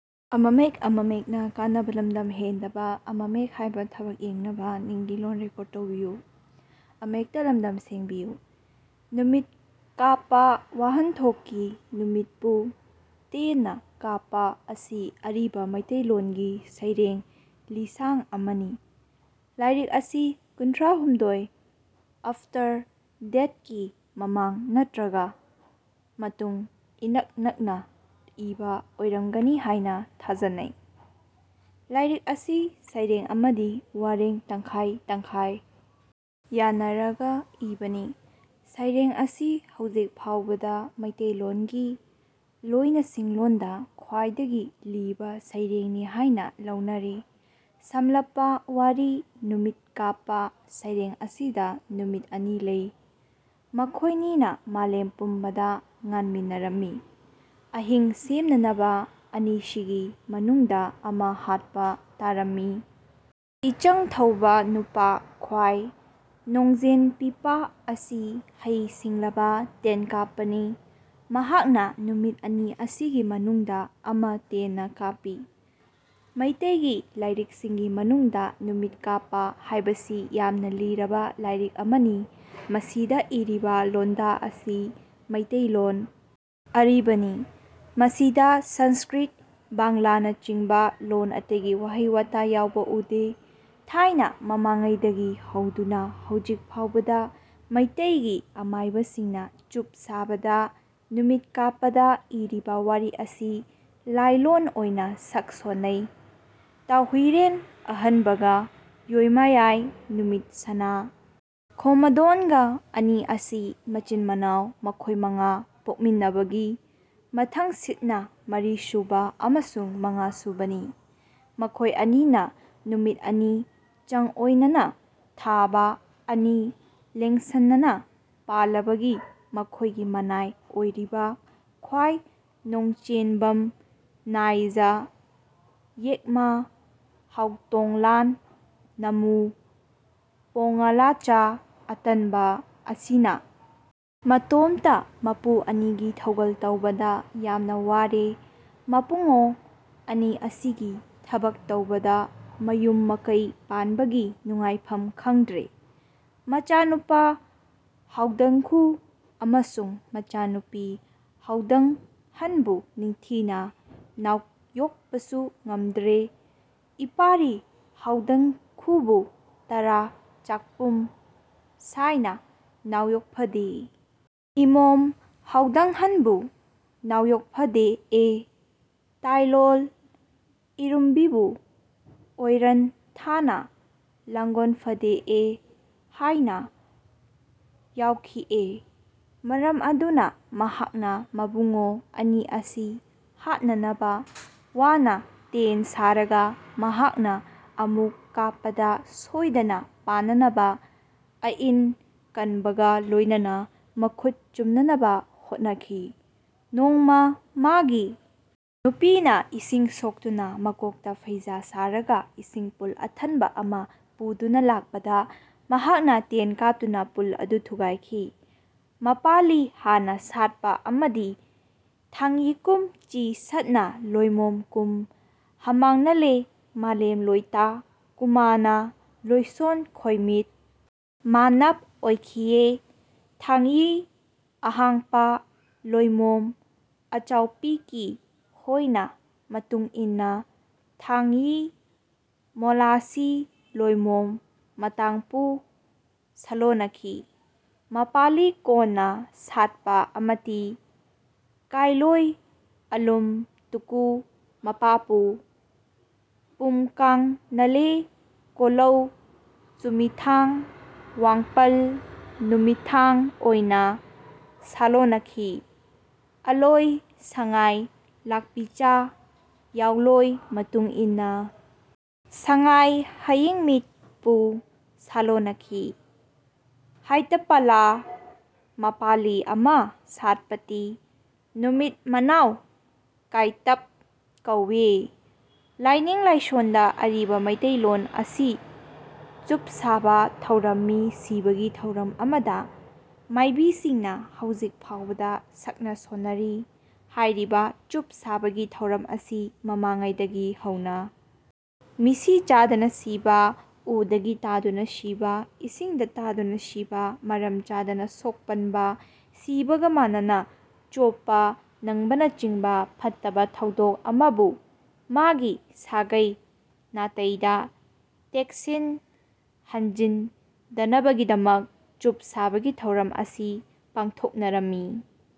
ꯅꯨꯃꯤꯠ ꯀꯥꯞꯄ ꯋꯥꯍꯟꯊꯣꯛꯀꯤ ꯅꯨꯃꯤꯠꯄꯨ ꯇꯦꯟꯅ ꯀꯥꯞꯄ ꯑꯁꯤ ꯑꯔꯤꯕ ꯃꯤꯇꯩꯂꯣꯟꯒꯤ ꯁꯩꯔꯦꯡ ꯂꯤꯁꯥꯡ ꯑꯃꯅꯤ꯫ ꯂꯥꯢꯔꯤꯛ ꯑꯁꯤ ꯀꯨꯟꯊ꯭ꯔꯥꯍꯨꯝꯗꯣꯏ ꯑꯐꯇꯔ ꯗꯦꯠꯀꯤ ꯃꯃꯥꯡ ꯅꯠꯇ꯭ꯔꯒ ꯃꯇꯨꯡ ꯏꯅꯛ ꯅꯛꯅ ꯏꯕ ꯑꯣꯢꯔꯝꯒꯅꯤ ꯍꯥꯏꯅ ꯊꯥꯖꯅꯩ꯫ ꯂꯥꯢꯔꯤꯛ ꯑꯁꯤ ꯁꯩꯔꯦꯡ ꯑꯃꯗꯤ ꯋꯥꯔꯦꯡ ꯇꯪꯈꯥꯢ ꯇꯪꯈꯥꯢ ꯌꯥꯟꯅꯔꯒ ꯏꯕꯅꯤ꯫ ꯁꯩꯔꯦꯡ ꯑꯁꯤ ꯍꯧꯖꯤꯛ ꯐꯥꯎꯕꯗ ꯃꯤꯇꯩꯂꯣꯟꯒꯤ ꯂꯣꯢꯅꯁꯤꯟꯂꯣꯟꯗ ꯈ꯭ꯋꯥꯢꯗꯒꯤ ꯂꯤꯕ ꯁꯩꯔꯦꯡꯅꯤ ꯍꯥꯏꯅ ꯂꯧꯅꯔꯤ꯫ ꯁꯝꯂꯞꯄ ꯋꯥꯔꯤ ꯅꯨꯃꯤꯠ ꯀꯥꯞꯄ ꯁꯩꯔꯦꯡ ꯑꯁꯤꯗ ꯅꯨꯃꯤꯠ ꯑꯅꯤ ꯂꯩ꯫ ꯃꯈꯣꯢꯅꯤꯅ ꯃꯥꯂꯦꯝ ꯄꯨꯝꯕꯗ ꯉꯥꯟꯃꯤꯟꯅꯔꯝꯏ꯫ ꯑꯍꯤꯡ ꯁꯦꯝꯅꯅꯕ ꯑꯅꯤꯁꯤꯒꯤ ꯃꯅꯨꯡꯗ ꯑꯃ ꯍꯥꯠꯄ ꯇꯥꯔꯝꯢ꯫ ꯏꯆꯪ ꯊꯧꯕ ꯅꯨꯄꯥ ꯈ꯭ꯋꯥꯢ ꯅꯣꯡꯆꯦꯡ ꯄꯤꯄꯥ ꯑꯁꯤ ꯍꯩ ꯁꯤꯡꯂꯕ ꯇꯦꯟꯀꯥꯞꯄꯅꯤ꯫ ꯃꯍꯥꯛꯅ ꯅꯨꯃꯤꯠ ꯑꯅꯤ ꯑꯁꯤꯒꯤ ꯃꯅꯨꯡꯗ ꯑꯃ ꯇꯦꯟꯅ ꯀꯥꯞꯄꯤ꯫ ꯃꯩꯇꯩꯒꯤ ꯂꯥꯏꯔꯤꯛꯁꯤꯡꯒꯤ ꯃꯅꯨꯡꯗ ꯅꯨꯃꯤꯠ ꯀꯥꯞꯄ ꯍꯥꯏꯕꯁꯤ ꯌꯥꯝꯅ ꯂꯤꯔꯕ ꯂꯥꯏꯔꯤꯛ ꯑꯃꯅꯤ꯫ ꯃꯁꯤꯗ ꯏꯔꯤꯕ ꯂꯣꯟꯗꯥ ꯑꯁꯤ ꯃꯩꯇꯩꯂꯣꯟ ꯑꯔꯤꯕꯅꯤ꯫ ꯃꯁꯤꯗ ꯁꯟꯁ꯭ꯀ꯭ꯔꯤꯠ ꯕꯥꯡꯂꯥꯅꯆꯤꯡꯕ ꯂꯣꯟ ꯑꯇꯩꯒꯤ ꯋꯥꯍꯩ ꯋꯥꯇꯥ ꯌꯥꯎꯕ ꯎꯗꯦ꯫ ꯊꯥꯏꯅ ꯃꯃꯥꯡꯉꯩꯗꯒꯤ ꯍꯧꯗꯨꯅ ꯍꯧꯖꯤꯛ ꯐꯥꯎꯕꯗ ꯃꯩꯇꯩꯒꯤ ꯑꯃꯥꯏꯕꯁꯤꯡꯅ ꯆꯨꯞ ꯁꯥꯕꯗ ꯅꯨꯃꯤꯠ ꯀꯥꯞꯄꯗ ꯏꯔꯤꯕ ꯋꯥꯔꯤ ꯑꯁꯤ ꯂꯥꯏꯂꯣꯟ ꯑꯣꯏꯅ ꯁꯛ ꯁꯣꯟꯅꯩ꯫ ꯇꯥꯎꯍꯨꯏꯔꯦꯟ ꯑꯍꯟꯕꯒ ꯌꯣꯏꯃꯌꯥꯏ ꯅꯨꯃꯤꯠ ꯁꯅꯥ ꯈꯣꯝꯃꯗꯣꯟꯒ ꯑꯅꯤ ꯑꯁꯤ ꯃꯆꯤꯟ ꯃꯅꯥꯎ ꯃꯈꯣꯏ ꯃꯉꯥ ꯄꯣꯛꯃꯤꯟꯅꯕꯒꯤ ꯃꯊꯪꯁꯤꯠꯅ ꯃꯔꯤꯁꯨꯕ ꯑꯃꯁꯨꯡ ꯃꯉꯥꯁꯨꯕꯅꯤ꯫ ꯃꯈꯣꯏ ꯑꯅꯤꯅ ꯅꯨꯃꯤꯠ ꯑꯅꯤ ꯆꯪꯑꯣꯏꯅꯅ ꯊꯕꯥ ꯑꯅꯤ ꯂꯦꯡꯁꯟꯅꯅ ꯄꯥꯜꯂꯕꯒꯤ ꯃꯈꯣꯏꯒꯤ ꯃꯅꯥꯏ ꯑꯣꯏꯔꯤꯕ ꯈ꯭ꯋꯥꯏ ꯅꯣꯡꯆꯦꯟꯕꯝ ꯅꯥꯏꯖꯥ ꯌꯦꯛꯃꯥ ꯍꯥꯎꯇꯣꯡꯂꯥꯟ ꯅꯃꯨ ꯄꯣꯡꯉꯥꯂꯥꯆꯥ ꯑꯇꯟꯕ ꯑꯁꯤꯅ ꯃꯇꯣꯝꯇ ꯃꯄꯨ ꯑꯅꯤꯒꯤ ꯊꯧꯒꯜ ꯇꯧꯕꯗ ꯌꯥꯝꯅ ꯋꯥꯔꯦ ꯃꯄꯨꯡꯉꯣ ꯑꯅꯤ ꯑꯁꯤꯒꯤ ꯊꯕꯛ ꯇꯧꯕꯗ ꯃꯌꯨꯝ ꯃꯀꯩ ꯄꯥꯟꯕꯒꯤ ꯅꯨꯡꯉꯥꯏꯐꯝ ꯈꯪꯗ꯭ꯔꯦ꯫ ꯃꯆꯥ ꯅꯨꯄꯥ ꯍꯥꯎꯗꯪꯈꯨ ꯑꯃꯁꯨꯡ ꯃꯆꯥ ꯅꯨꯄꯤ ꯍꯥꯎꯗꯪꯍꯟꯕꯨ ꯅꯤꯡꯊꯤꯅ ꯅꯥꯎꯌꯣꯛꯄꯁꯨ ꯉꯝꯗ꯭ꯔꯦ꯫ ꯏꯄꯥꯔꯤ ꯍꯥꯎꯗꯪꯈꯨꯕꯨ ꯇꯔꯥ ꯆꯥꯛꯄꯨꯝ ꯁꯥꯏꯅ ꯅꯥꯎꯌꯣꯛꯐꯗꯦ ꯏꯃꯣꯝ ꯍꯥꯎꯗꯪꯍꯟꯕꯨ ꯅꯥꯎꯌꯣꯛꯐꯗꯦꯑꯦ ꯇꯥꯏꯂꯣꯜ ꯏꯔꯨꯝꯕꯤꯕꯨ ꯑꯣꯏꯔꯟ ꯊꯥꯅ ꯂꯥꯡꯒꯣꯟꯐꯗꯦꯑꯦ ꯍꯥꯏꯅ ꯋꯥꯎꯈꯤꯑꯦ꯫ ꯃꯔꯝ ꯑꯗꯨꯅ ꯃꯍꯥꯛꯅ ꯃꯕꯨꯡꯉꯣ ꯑꯅꯤ ꯑꯁꯤ ꯍꯥꯠꯅꯅꯕ ꯋꯥꯅ ꯇꯦꯟ ꯁꯥꯔꯒ ꯃꯍꯥꯛꯅ ꯑꯃꯨꯛ ꯀꯥꯞꯄꯗ ꯁꯣꯏꯗꯅ ꯄꯥꯟꯅꯅꯕ ꯑꯏꯟ ꯀꯟꯕꯒ ꯂꯣꯏꯅꯅ ꯃꯈꯨꯠ ꯆꯨꯝꯅꯅꯕ ꯍꯣꯠꯅꯈꯤ꯫ ꯅꯣꯡꯃ ꯃꯥꯒꯤ ꯅꯨꯄꯤꯅ ꯏꯁꯤꯡ ꯁꯣꯛꯇꯨꯅ ꯃꯀꯣꯛꯇ ꯐꯩꯖꯥ ꯁꯥꯔꯒ ꯏꯁꯤꯡ ꯄꯨꯜ ꯑꯊꯟꯕ ꯑꯃ ꯄꯨꯗꯨꯅ ꯂꯥꯛꯄꯗ ꯃꯍꯥꯛꯅ ꯇꯦꯟ ꯀꯥꯞꯇꯨꯅ ꯄꯨꯜ ꯑꯗꯨ ꯊꯨꯒꯥꯏꯈꯤ꯫ ꯃꯄꯥꯂꯤ ꯍꯥꯟꯅ ꯁꯥꯠꯄ ꯑꯃꯗꯤ ꯊꯥꯡꯌꯤꯀꯨꯝ ꯆꯤ ꯁꯠꯅ ꯂꯣꯢꯃꯣꯝ ꯀꯨꯝ ꯍꯝꯃꯥꯡꯅꯂꯦ ꯃꯥꯂꯦꯝ ꯂꯣꯢꯇ ꯀꯨꯃꯥꯅ ꯂꯣꯢꯁꯣꯟ ꯈꯣꯢꯃꯤꯠ ꯃꯥꯅꯞ ꯑꯣꯢꯈꯤꯑꯦ꯫ ꯊꯥꯡꯌꯤ ꯑꯍꯥꯡꯄ ꯂꯣꯢꯃꯣꯝ ꯑꯆꯥꯎꯄꯤꯀꯤ ꯍꯣꯢꯅ ꯃꯇꯨꯡꯏꯟꯅ ꯊꯥꯡꯌꯤ ꯃꯣꯂꯥꯁꯤ ꯂꯣꯢꯃꯣꯝ ꯃꯇꯥꯡꯄꯨ ꯁꯂꯣꯟꯅꯈꯤ꯫ ꯃꯄꯥꯂꯤ ꯀꯣꯟꯅ ꯁꯥꯠꯄ ꯑꯃꯇꯤ ꯀꯥꯢꯂꯣꯢ ꯑꯂꯨꯝ ꯇꯨꯀꯨ ꯃꯄꯥꯄꯨ ꯄꯨꯝꯀꯥꯡꯅꯂꯦ ꯀꯣꯂꯧ ꯆꯨꯃꯤꯊꯥꯡ ꯋꯥꯡꯄꯜ ꯅꯨꯃꯤꯊꯥꯡ ꯑꯣꯢꯅ ꯁꯥꯂꯣꯟꯅꯈꯤ꯫ ꯑꯂꯣꯢ ꯁꯉꯥꯢ ꯂꯥꯜꯄꯤꯆꯥ ꯌꯥꯎꯂꯣꯢ ꯃꯇꯨꯡꯏꯟꯅ ꯁꯉꯥꯢ ꯍꯌꯤꯡꯃꯤꯠꯄꯨ ꯁꯥꯂꯣꯟꯅꯈꯤ꯫ ꯍꯥꯢꯇꯄꯂꯥ꯫ ꯃꯄꯥꯂꯤ ꯑꯃ ꯁꯥꯠꯄꯇꯤ ꯅꯨꯃꯤꯇ ꯃꯅꯥꯎ ꯀꯥꯢꯇꯞ ꯀꯧꯑꯦ꯫ ꯂꯥꯢꯅꯤꯡ ꯂꯥꯢꯁꯣꯟꯗ ꯑꯔꯤꯕ ꯃꯤꯇꯩꯂꯣꯟ ꯑꯁꯤ ꯆꯨꯞꯁꯥꯕ ꯊꯧꯔꯝ ꯃꯤ ꯁꯤꯕꯒꯤ ꯊꯧꯔꯝ ꯑꯃꯗ ꯃꯥꯢꯕꯤꯁꯤꯡꯅ ꯍꯧꯖꯤꯛ ꯐꯥꯎꯕꯗ ꯁꯛꯅ ꯁꯣꯟꯅꯔꯤ꯫ꯍꯥꯏꯔꯤꯕ ꯆꯨꯞ ꯁꯥꯕꯒꯤ ꯊꯧꯔꯝ ꯑꯁꯤ ꯃꯃꯥꯡꯉꯩꯗꯒꯤ ꯍꯧꯅ ꯃꯤꯁꯤ ꯆꯥꯗꯅ ꯁꯤꯕ ꯎꯗꯒꯤ ꯇꯥꯗꯨꯅ ꯁꯤꯕ ꯏꯁꯤꯡꯗ ꯇꯥꯗꯨꯅ ꯁꯤꯕ ꯃꯔꯝ ꯆꯥꯗꯅ ꯁꯣꯛꯄꯟꯕ ꯁꯤꯕꯒ ꯃꯥꯟꯅꯅ ꯆꯣꯞꯄ ꯅꯪꯕꯅꯆꯤꯡꯕ ꯐꯠꯇꯕ ꯊꯧꯗꯣꯛ ꯑꯃꯕꯨ ꯃꯥꯒꯤ ꯁꯥꯒꯩ ꯅꯥꯇꯩꯗ ꯇꯦꯛꯁꯤꯟ ꯍꯟꯖꯤꯟꯗꯅꯕꯒꯤꯗꯃꯛ ꯆꯨꯞ ꯁꯥꯕꯒꯤ ꯊꯧꯔꯝ ꯑꯁꯤ ꯄꯥꯡꯊꯣꯛꯅꯔꯝꯃꯤ꯫